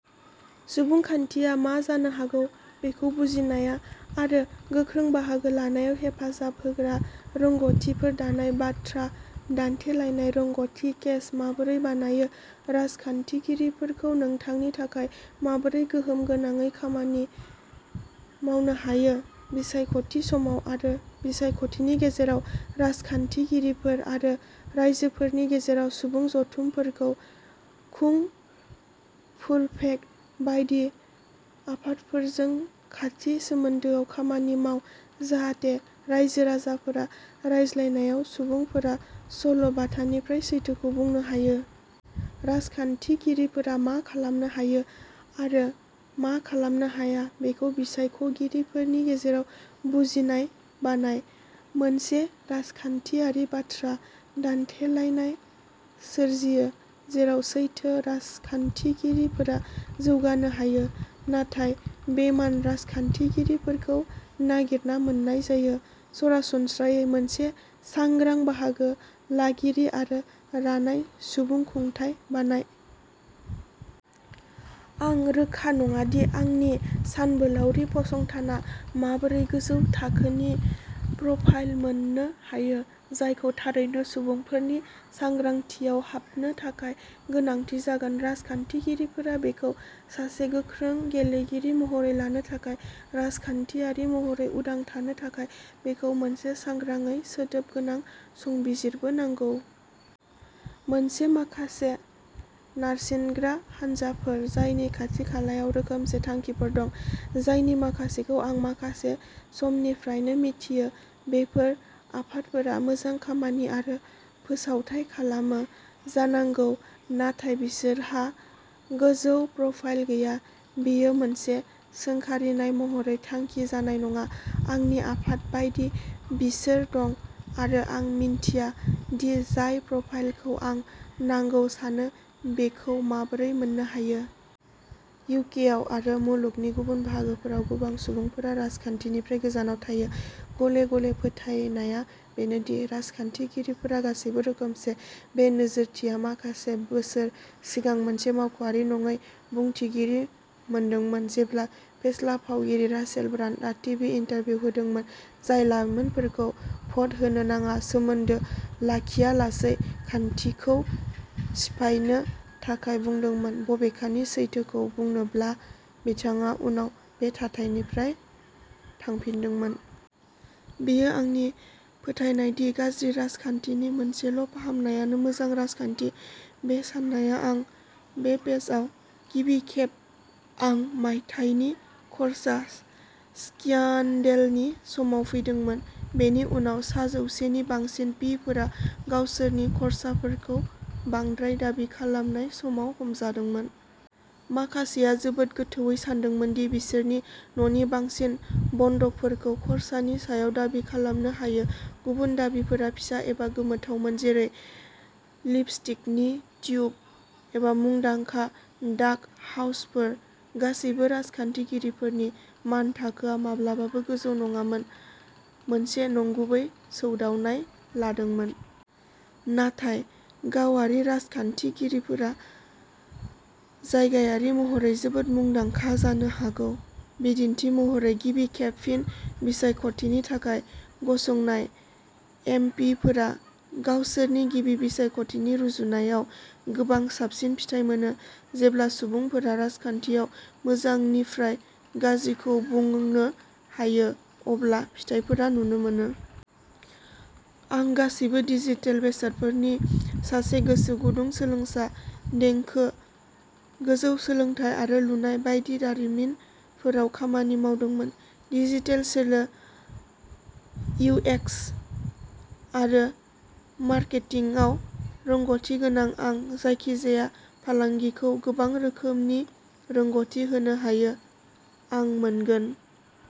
सुबुंखान्थिआ मा जानो हागौ बेखौ बुजिनाय आरो गोख्रों बाहागो लानायाव हेफाजाब होग्रा रोंगथिफोर दानाय बाथ्रा दान्थेलायनाय रोंगथि केस माबोरै बानायो राजखान्थिगिरिफोरखौ नोंथांनि थाखाय माबोरै गोहोम गोनाङै खामानि मावनो हायो। बिसायखथि समाव आरो बिसायखथिनि गेजेराव राजखान्थिगिरिफोर आरो राइजोफोरनि गेजेराव सुबुं जथुमफोरखौ खुं फुलफेक्ट बायदि आफादफोरजों खाथि सोमोन्दोआव खामानि माव जाहाथे रायजो राजाफोरा रायज्लायनायाव सुबुंफोरा सल'बाथानिफ्राय सैथोखौ बुंनो हायो। राजखान्थिगिरिफोरा मा खालामनो हायो आरो मा खालामनो हाया बेखौ बिसायख'गिरिफोरनि गेजेराव बुजिनाय बानाय। मोनसे राजखान्थियारि बाथ्रा दान्थेलायनाय सोरजियो जेराव सैथो राजखान्थिगिरिफोरा जौगानो हायो नाथाय बेइमान राजखान्थिगिरिफोरखौ नागिरना मोन्नाय जायो। सरासनस्रायै मोनसे सांग्रां बाहागो लागिरि आरो रानाय सुबुंखुंथाइ बानाय। आं रोखा नङा दि आंनि सानबोलावरि फसंथाना माबोरै गोजौ थाखोनि प्रफाइल मोननो हायो जायखौ थारैनो सुबुंफोरनि सांग्रांथियाव हाबनो थाखाय गोनांथि जागोन राजखान्थिगिरिफोरा बेखौ सासे गोख्रों गेलेगिरि महरै लानो थाखाय। राजखान्थियारि महरै उदां थानो थाखाय बेखौ मोनसे सांग्राङै सोदोब गोनां संबिजिरबो नांगौ। मोनसे माखासे नारसिनग्रा हानजाफोर जायनि खाथि खालायाव रोखोमसे थांखिफोर दं जायनि माखासेखौ आं माखासे समनिफ्रायनो मिथियो बेफोर आफादफोरा मोजां खामानि आरो फोसावथाय खालामो जानांगौ नाथाय बिसोरहा गोजौ प्रफाइल गैया। बेयो मोनसे सोंखारिनाय महरै थांखि जानाय नङा आंनि आफाद बायदि बिसोर दं आरो आं मिन्थिया दि जाय प्रफाइलखौ आं नांगौ सानो बेखौ माबोरै मोन्नो हायो। इउकेआव आरो मुलुगनि गुबुन बाहागोफोराव गोबां सुबुंफोरा राजखान्थिनिफ्राय गोजानाव थायो। गले गले फोथायनायआ बेनो दि राजखान्थिगिरिफोरा गासैबो रोखोमसे। बे नोजोरथिया माखासे बोसोर सिगां मोनसे मावख'आरि नङै बुंथिगिरि मोनदोंमोन जेब्ला फेस्ला फावगिरि रासेल ब्रान्डआ टिभि इन्टारभिउ होदोंमोन जाय लाइमोनफोरखौ भ'ट होनो नाङा सोमोन्दो लाखियालासै खान्थिखौ सिफायनो थाखाय बुंदोंमोन बबेखानि सैथोखौ बुंनोब्ला बिथाङा उनाव बे थाथाइनिफ्राय थांफिनदोंमोन। बेयो आंनि फोथायनाय दि गाज्रि राजखान्थिनि मोनसेल'फाहामनायानो मोजां राजखान्थि। बे साननाया आं बे पेजआव गिबि खेब आं मायथाइनि खर्सा स्क्यान्डेलनि समाव फैदोंमोन। बेनि उनाव सा जौसे नि बांसिन पि फोरा गावसोरनि खर्साफोरखौ बांद्राय दाबि खालामनाय समाव हमजादोंमोन। माखासेआ जोबोद गोथौवै सानदोंमोन दि बिसोरनि न'नि बांसिन बन्दकफोरखौ खरसानि सायाव दाबि खालामनो हायो गुबुन दाबिफोरा फिसा एबा गोमोथावमोन जेरै लिपस्टिकनि टिउब एबा मुंदांखा डाक हाउसफोर। गासैबो राजखान्थिगिरिफोरनि मानथाखोआ माब्लाबाबो गोजौ नङामोन मोनसे नंगुबै सौदावनाय लादोंमोन। नाथाय गावारि राजखान्थिगिरिफोरा जायगायारि महरै जोबोद मुंदांखा जानो हागौ बिदिन्थि महरै गिबि खेब फिन बिसायख'थिनि थाखाय गसंनाय एम पि फोरा गावसोरनि गिबि बिसायख'थिनि रुजुनायाव गोबां साबसिन फिथाय मोनो। जेब्ला सुबुंफोरा राजखान्थियाव मोजांनिफ्राय गाज्रिखौ बुंनो हायो अब्ला फिथायफोरा नुनो मोनो। आं गासैबो डिजिटेल बेसादफोरनि सासे गोसोगुदुं सोलोंसा देंखो गोजौ सोलोंथाय आरो लुनाय बायदि दारिमिनफोराव खामानि मावदोंमोन। डिजिटेल सोलो इउएक्स आरो मार्केटिंआव रोंग'थि गोनां आं जायखिजाया फालांगिखौ गोबां रोखोमनि रोंग'थि होनो हायो आं मोनगोन।